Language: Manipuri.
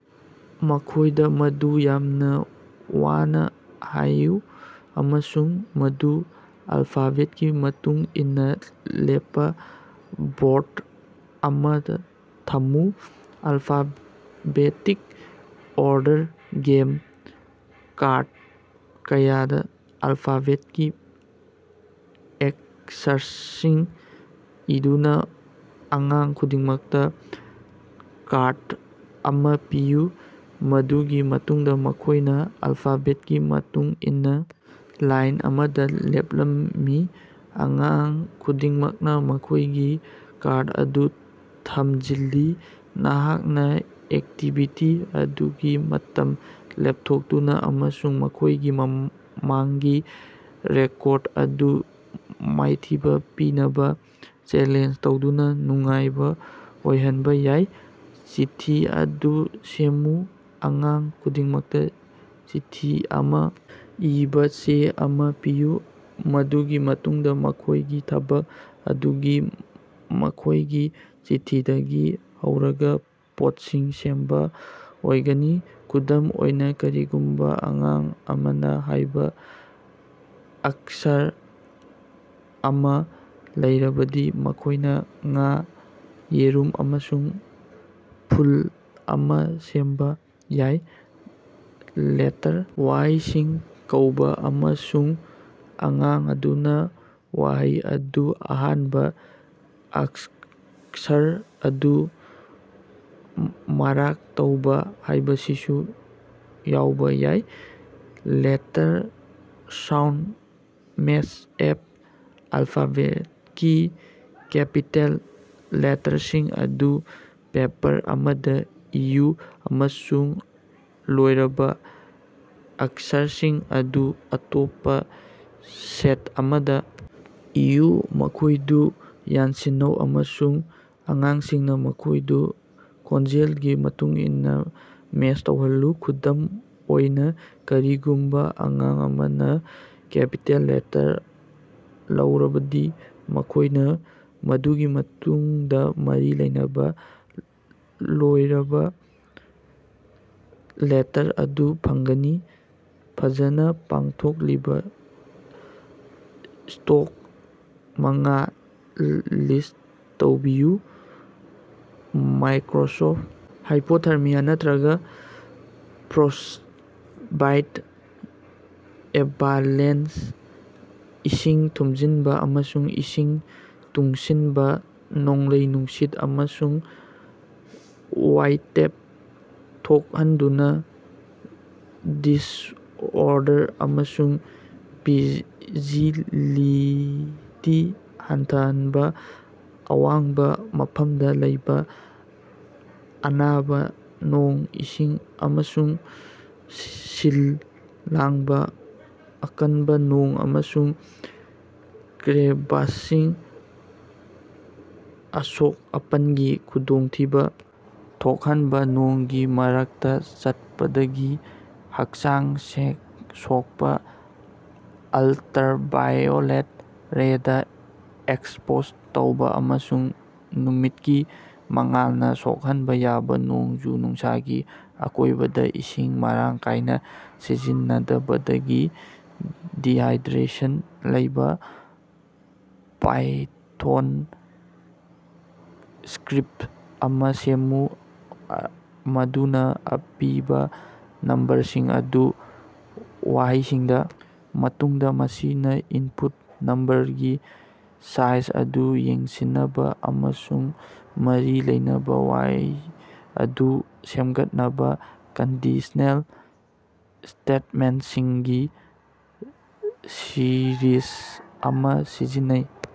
ꯃꯈꯣꯏꯗ ꯃꯗꯨ ꯌꯥꯝꯅ ꯋꯥꯅ ꯍꯥꯏꯌꯨ ꯑꯃꯁꯨꯡ ꯃꯗꯨ ꯑꯜꯐꯥꯕꯦꯠꯀꯤ ꯃꯇꯨꯡ ꯏꯟꯅꯥ ꯂꯦꯞꯄꯥ ꯕꯣꯔꯗ ꯑꯃꯗ ꯊꯝꯃꯨ꯫ ꯑꯜꯐꯥꯕꯦꯇꯤꯛ ꯑꯣꯔꯗꯔ ꯒꯦꯝ: ꯀꯥꯔꯗ ꯀꯌꯥꯗ ꯑꯜꯐꯥꯕꯦꯠꯀꯤ ꯑꯛꯁꯔꯁꯤꯡ ꯏꯗꯨꯅ ꯑꯉꯥꯡ ꯈꯨꯗꯤꯡꯃꯛꯇ ꯀꯥꯔꯗ ꯑꯃꯥ ꯄꯤꯌꯨ꯫ ꯃꯗꯨꯒꯤ ꯃꯇꯨꯡꯗꯥ ꯃꯈꯣꯏꯅꯥ ꯑꯜꯐꯥꯕꯦꯠꯀꯤ ꯃꯇꯨꯡ ꯏꯟꯅꯥ ꯂꯥꯏꯟ ꯑꯃꯗ ꯂꯦꯞꯂꯝꯃꯤ, ꯑꯉꯥꯡ ꯈꯨꯗꯤꯡꯃꯛꯅ ꯃꯈꯣꯏꯒꯤ ꯀꯥꯔꯗ ꯑꯗꯨ ꯊꯝꯖꯤꯜꯂꯤ꯫ ꯅꯍꯥꯛꯅꯥ ꯑꯦꯛꯇꯤꯕꯤꯇꯤ ꯑꯗꯨꯒꯤ ꯃꯇꯝ ꯂꯦꯞꯊꯣꯛꯇꯨꯅ ꯑꯃꯁꯨꯡ ꯃꯈꯣꯏꯒꯤ ꯃꯃꯥꯡꯒꯤ ꯔꯦꯀꯣꯔꯗ ꯑꯗꯨ ꯃꯥꯏꯊꯤꯕ ꯄꯤꯅꯕꯥ ꯆꯦꯂꯦꯟꯖ ꯇꯧꯗꯨꯅ ꯅꯨꯡꯉꯥꯏꯕ ꯑꯣꯏꯍꯟꯕ ꯌꯥꯏ꯫ ꯆꯤꯊꯤ ꯑꯗꯨ ꯁꯦꯝꯃꯨ: ꯑꯉꯥꯡ ꯈꯨꯗꯤꯡꯃꯛꯇ ꯆꯤꯊꯤ ꯑꯃꯥ ꯏꯕꯥ ꯆꯦ ꯑꯃꯥ ꯄꯤꯌꯨ꯫ ꯃꯗꯨꯒꯤ ꯃꯇꯨꯡꯗ ꯃꯈꯣꯏꯒꯤ ꯊꯕꯛ ꯑꯗꯨꯗꯤ ꯃꯈꯣꯏꯒꯤ ꯆꯤꯊꯤꯗꯒꯤ ꯍꯧꯔꯒ ꯄꯣꯠꯁꯤꯡ ꯁꯦꯝꯕ ꯑꯣꯏꯒꯅꯤ꯫ ꯈꯨꯗꯝ ꯑꯣꯏꯅ, ꯀꯔꯤꯒꯨꯝꯕ ꯑꯉꯥꯡ ꯑꯃꯅ ꯍꯥꯏꯕ ꯑꯛꯁꯔ ꯑꯃꯥ ꯂꯩꯔꯕꯗꯤ ꯃꯈꯣꯏꯅ ꯉꯥ, ꯌꯦꯔꯨꯝ ꯑꯃꯁꯨꯡ ꯐꯨꯜ ꯑꯃꯥ ꯁꯦꯝꯕꯥ ꯌꯥꯏ꯫ ꯂꯦꯇꯔ ꯋꯥꯍꯩꯁꯤꯡ ꯀꯧꯕ, ꯑꯃꯁꯨꯡ ꯑꯉꯥꯡ ꯑꯗꯨꯅ ꯋꯥꯍꯩ ꯑꯗꯨꯒꯤ ꯑꯍꯥꯟꯕ ꯑꯛꯁꯔ ꯑꯗꯨ ꯃꯥꯔꯛ ꯇꯧꯕ ꯍꯥꯏꯕꯁꯤꯁꯨ ꯌꯥꯎꯕ ꯌꯥꯏ꯫ ꯂꯦꯇꯔ ꯁꯥꯎꯟꯗ ꯃꯦꯆ ꯑꯞ: ꯑꯜꯐꯥꯕꯦꯠꯀꯤ ꯀꯦꯄꯤꯇꯦꯜ ꯂꯦꯇꯔꯁꯤꯡ ꯑꯗꯨ ꯄꯦꯄꯔ ꯑꯃꯗꯥ ꯏꯌꯨ, ꯑꯃꯁꯨꯡ ꯂꯣꯏꯔꯕ ꯑꯛꯁꯔꯁꯤꯡ ꯑꯗꯨ ꯑꯇꯣꯞꯄ ꯁꯦꯠ ꯑꯃꯗꯥ ꯏꯌꯨ꯫ ꯃꯈꯣꯏꯗꯨ ꯌꯥꯟꯁꯤꯟꯅꯧ ꯑꯃꯁꯨꯡ ꯑꯉꯥꯡꯁꯤꯡꯅ ꯃꯈꯣꯏꯗꯨ ꯈꯣꯟꯖꯦꯜꯒꯤ ꯃꯇꯨꯡꯏꯟꯅ ꯃꯦꯆ ꯇꯧꯍꯜꯂꯨ꯫ ꯈꯨꯗꯝ ꯑꯣꯏꯅ, ꯀꯔꯤꯒꯨꯝꯕ ꯑꯉꯥꯡ ꯑꯃꯅ ꯀꯦꯄꯤꯇꯦꯜ ꯂꯦꯇꯔ ꯂꯧꯔꯕꯗꯤ, ꯃꯈꯣꯏꯅꯥ ꯃꯗꯨꯒꯤ ꯃꯇꯨꯡꯗ ꯃꯔꯤ ꯂꯩꯅꯕ ꯂꯣꯏꯔꯕ ꯂꯦꯇꯔ ꯑꯗꯨ ꯐꯪꯒꯅꯤ꯫ ꯐꯖꯅꯥ ꯄꯥꯡꯊꯣꯛꯂꯤꯕ ꯁ꯭ꯇꯣꯛ ꯃꯉꯥ ꯂꯤꯁ꯭ꯠ ꯇꯧꯕꯤꯌꯨ꯫ꯃꯥꯏꯀꯔꯣꯁꯣꯐ ꯍꯥꯏꯄꯣꯊꯥꯔꯃꯤꯌꯥ ꯅꯠꯇꯔꯒ ꯐ꯭ꯔꯣꯁ꯭ꯇꯕꯥꯏꯠ ꯑꯦꯚꯥꯂꯦꯟꯁ ꯏꯁꯤꯡ ꯊꯨꯝꯖꯤꯟꯕꯥ ꯑꯃꯁꯨꯡ ꯏꯁꯤꯡ ꯇꯨꯡꯁꯤꯟꯕ ꯅꯣꯡꯂꯩ ꯅꯨꯡꯁꯤꯠ ꯑꯃꯁꯨꯡ ꯋꯥꯏꯇꯦꯞ ꯊꯣꯛꯍꯟꯗꯨꯅ ꯗꯤꯁꯑꯣꯔꯗꯔ ꯑꯃꯁꯨꯡ ꯚꯤꯖꯤꯕꯤꯂꯤꯇꯤ ꯍꯟꯊꯍꯟꯕ ꯑꯋꯥꯡꯕ ꯃꯐꯝꯗ ꯂꯩꯕ ꯑꯅꯥꯕ ꯅꯣꯡ, ꯏꯁꯤꯡ, ꯑꯃꯁꯨꯡ ꯁꯤꯜ ꯂꯥꯡꯕ ꯑꯀꯟꯕꯥ ꯅꯣꯡ ꯑꯃꯁꯨꯡ ꯀ꯭ꯔꯦꯚꯥꯁꯁꯤꯡ꯫ ꯑꯁꯣꯛ-ꯑꯄꯟꯒꯤ ꯈꯨꯗꯣꯡꯊꯤꯕ ꯊꯣꯛꯍꯟꯕꯥ ꯅꯣꯡꯒꯤ ꯃꯔꯛꯇ ꯆꯠꯄꯗꯒꯤ ꯍꯛꯆꯥꯡ ꯁꯣꯛꯄꯥ ꯑꯜꯇꯔꯥꯚꯥꯏꯑꯣꯂꯦꯠ ꯔꯦꯗꯥ ꯑꯦꯛꯁꯄꯣꯖ ꯇꯧꯕꯥ ꯑꯃꯁꯨꯡ ꯅꯨꯃꯤꯠꯀꯤ ꯃꯉꯥꯜꯅ ꯁꯣꯛꯍꯟꯕ ꯌꯥꯕ ꯅꯣꯡꯖꯨ ꯅꯨꯡꯁꯥꯒꯤ ꯑꯀꯣꯏꯕꯗ ꯏꯁꯤꯡ ꯃꯔꯥꯡ ꯀꯥꯏꯅ ꯁꯤꯖꯤꯟꯅꯗꯕꯗꯒꯤ ꯗꯤꯍꯥꯏꯗ꯭ꯔꯦꯁꯟ ꯂꯩꯕꯥ꯫ ꯄꯥꯏꯊꯣꯟꯗ ꯁ꯭ꯀꯔꯤꯞ ꯑꯃꯥ ꯁꯦꯝꯃꯨ ꯃꯗꯨꯅ ꯑꯄꯤꯕ ꯅꯝꯕꯔꯁꯤꯡ ꯑꯗꯨ ꯋꯥꯍꯩꯁꯤꯡꯗ ꯃꯇꯨꯡꯗ ꯃꯁꯤꯅꯥ ꯏꯟꯄꯨꯠ ꯅꯝꯕꯔꯒꯤ ꯁꯥꯏꯖ ꯑꯗꯨ ꯌꯦꯡꯁꯤꯟꯅꯕꯥ ꯑꯃꯁꯨꯡ ꯃꯔꯤ ꯂꯩꯅꯕ ꯋꯥꯍꯩ ꯑꯗꯨ ꯁꯦꯝꯒꯠꯅꯕꯥ ꯀꯟꯗꯤꯁꯅꯦꯜ ꯁ꯭ꯇꯦꯠꯃꯦꯟꯠꯁꯤꯡꯒꯤ ꯁꯤꯔꯤꯖ ꯑꯃꯥ ꯁꯤꯖꯤꯟꯅꯩ꯫